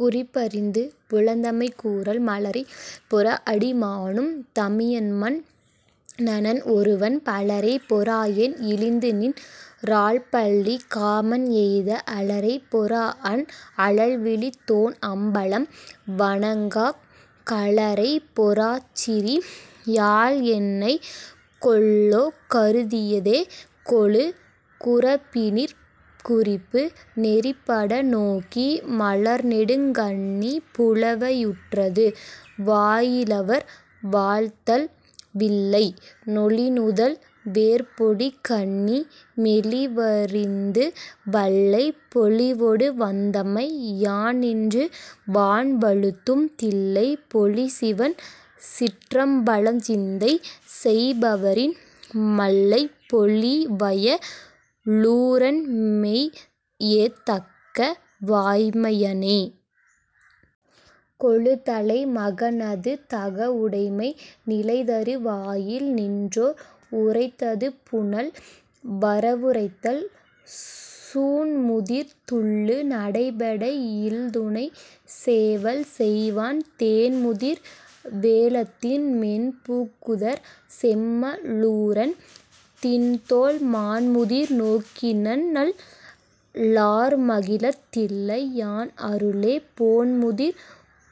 குறிப்பறிந்து புலந்தமை கூறல் மலரைப் பொறஅடிமானும் தமியன்மன் னனன் ஒருவன் பலரைப் பொறாஎன் இழிந்துநின் றாள்பள்ளி காமன்எய்த அலரைப் பொறாஅன் அழல்விழித் தோன்அம்பலம் வணங்காக் கலரைப் பொறாச்சிறி யாள்என்னை கொல்லோ கருதியதே.... கொளு குறப்பினிற் குறிப்பு நெறிப்பட நோக்கி மலர்நெடுங் கண்ணி புலவ யுற்றது.. வாயிலவர் வாழ்த்தல் வில்லைப் நொலிநுதல் வேற்பொலி கண்ணி மெலிவறிந்து வல்லைப் பொலிவொடு வந்தமை யான்நின்று வான்வழுத்தும் தில்லைப் பொலிசிவன் சிற்றம்பலம்சிந்தை செய்பவரின் மல்லைப் பொலிவய லூரன்மெய்யேதக்க வாய்மையனே.... கொளு தலை மகனது தகவுடைமை நிலைதரு வாயில் நின்றோர் உரைத்தது.. புனல் வரவுரைத்தல் சூன்முதிர் துள்ளு நடைப்பெடைக் இல்துணைச் சேவல் செய்வான் தேன்முதிர் வேழத்தின் மென்பூக்குதர் செம்ம லூரன் திண்தோள் மான்முதிர் நோக்கின்நல் லார்மகிழத் தில்லை யான் அருளே போன்முதிர்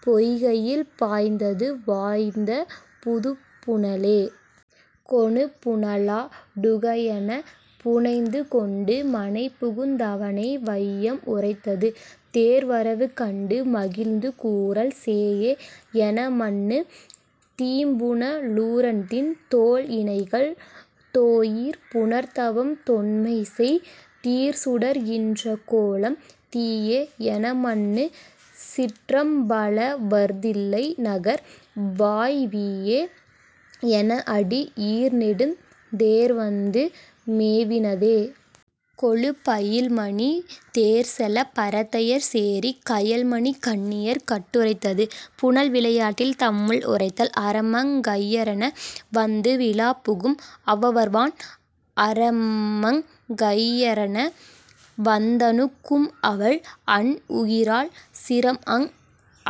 பொய்கையில் பாய்ந்தது வாய்ந்த புதுப்புனலே.... கொளு புனலா டுகஎனப் புனைந்து கொண்டு மனைபுகுந் தவனை வையம் உரைத்தது.. தேர் வரவு கண்டு மகிழ்ந்து கூறல் சேயே எனமன்னு தீம்புன லூரன்திண் தோள்இணைகள் தோயீர் புணர்தவம் தொன்மைசெய் தீர்சுடர் கின்றகோலம் தீயே எனமன்னு சிற்றம்பலவர்தில்லைந்நகர் வாய் வீயே எனஅடி யீர்நெடுந் தேர்வந்து மேவினதே.... கொளு பயில்மணித் தேர்செலப் பரத்தையர் சேரிக் கயல் மணிக் கண்ணியர் கட்டுரைத்தது.. புனல் விளையாட்டில் தம்முள் உரைத்தல் அரமங் கையரென வந்து விழாப்புகும் அவ்வவர்வான் அரமங் கையரென வந்தணு கும்அவள் அன்உகிரால் சிரம்அங்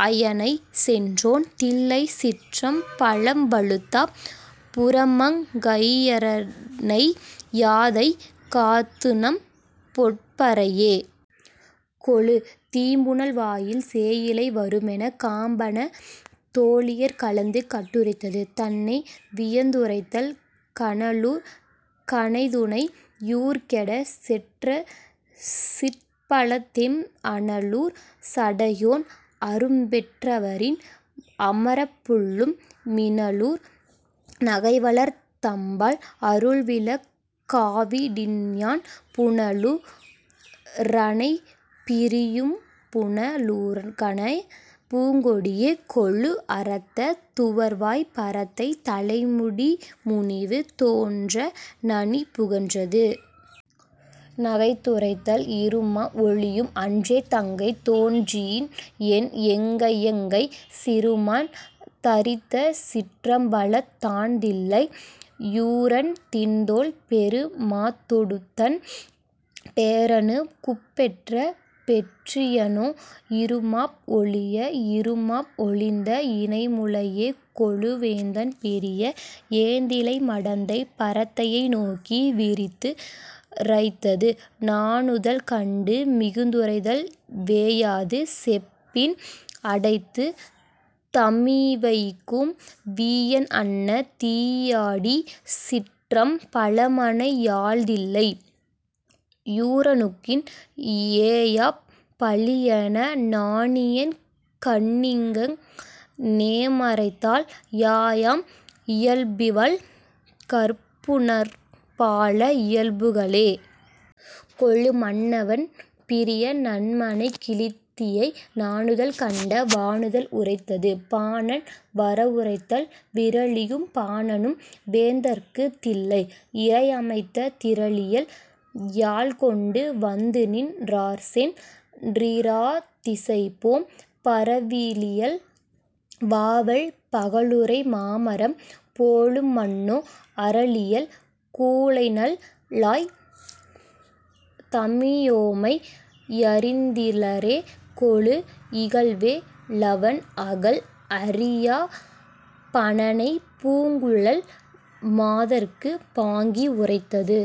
அயனைச் செற்றோன் தில்லைச் சிற்றம் பலம்வழுத்தாப் புரமங் கையரின்நை யாதுஐ காத்துநம் பொற்பரையே.... கொளு தீம்புனல் வாயில் சேயிழை வருமெனச் காம்பன தோளியர் கலந்து கட்டுரைத்தது.. தன்னை வியந்துரைத்தல் கனலூர் கணைதுணை யூர்கெடச் செற்றசிற் பலத்தெம் அனலூர் சடையோன் அருள்பெற்றவரின் அமரப்புல்லும் மினலூர் நகையவர் தம்பால் அருள்விலக் காவிடின்யான் புனலூ ரனைப் பிரி யும்புன லூர்கணப் பூங்கொடியே.... கொளு அரத்தத் துவர்வாய்ப் பரத்தைத் தலைவி முனிவு தோன்ற நனி புகன்றது.. நகைத்துரைத்தல் இறுமாப் ஒழியும் அன்றே தங்கை தோன்றின்என் எங்கையங்கைச் சிறுமான் தரித்தசிற் றம்பலத் தான்தில்லை யூரன்திண்தோள்। பெறு மாத் தொடும்தன்ன பேரணுக் குப்பெற்ற பெற்றியனோ இறுமாப் ஒழிய இறுமாப் ஒழிந்த இணைமுலையே.... கொளு வேந்தன் பிரிய ஏந்திழை மடந்தை பரத்தையை நோக்கி விரித்து ரைத்தது.. நாணுதல் கண்டு மிகுத்துரைத்தல் வேயாது செப்பின் அடைத்துத் தமிவைகும் வீயன்அன்ன தீயாடி சிற்றம் பலமனை யாள்தில்லை யூரனுக்கின் ஏயாப் பழியென நாணியென் கண்ணிங்ங னேமறைத்தாள் யாயாம் இயல்பிவள் கற்புநற் பால இயல்புகளே.... கொளு மன்னவன் பிரிய நன்மனைக் கிழத்தியை நாணுதல் கண்ட வாணுதல் உரைத்தது.. பாணன் வரவுரைத்தல் விறலியும் பாணனும் வேந்தற்குத் தில்லை இறைஅமைத்த திறலியல் யாழ்கொண்டு வந்துநின் றார்சென் றிராத்திசைபோம் பறதிலியல் வாவல் பகலுறை மாமரம் போலும்மன்னோ அறலியல் கூழைநல் லாய் தமியோமை யறிந்திலரே.... கொளு இகல்வே லவன் அகல் அறியாப் பாணனைப் பூங்குழல் மாதர்க்குப் பாங்கி உரைத்தது..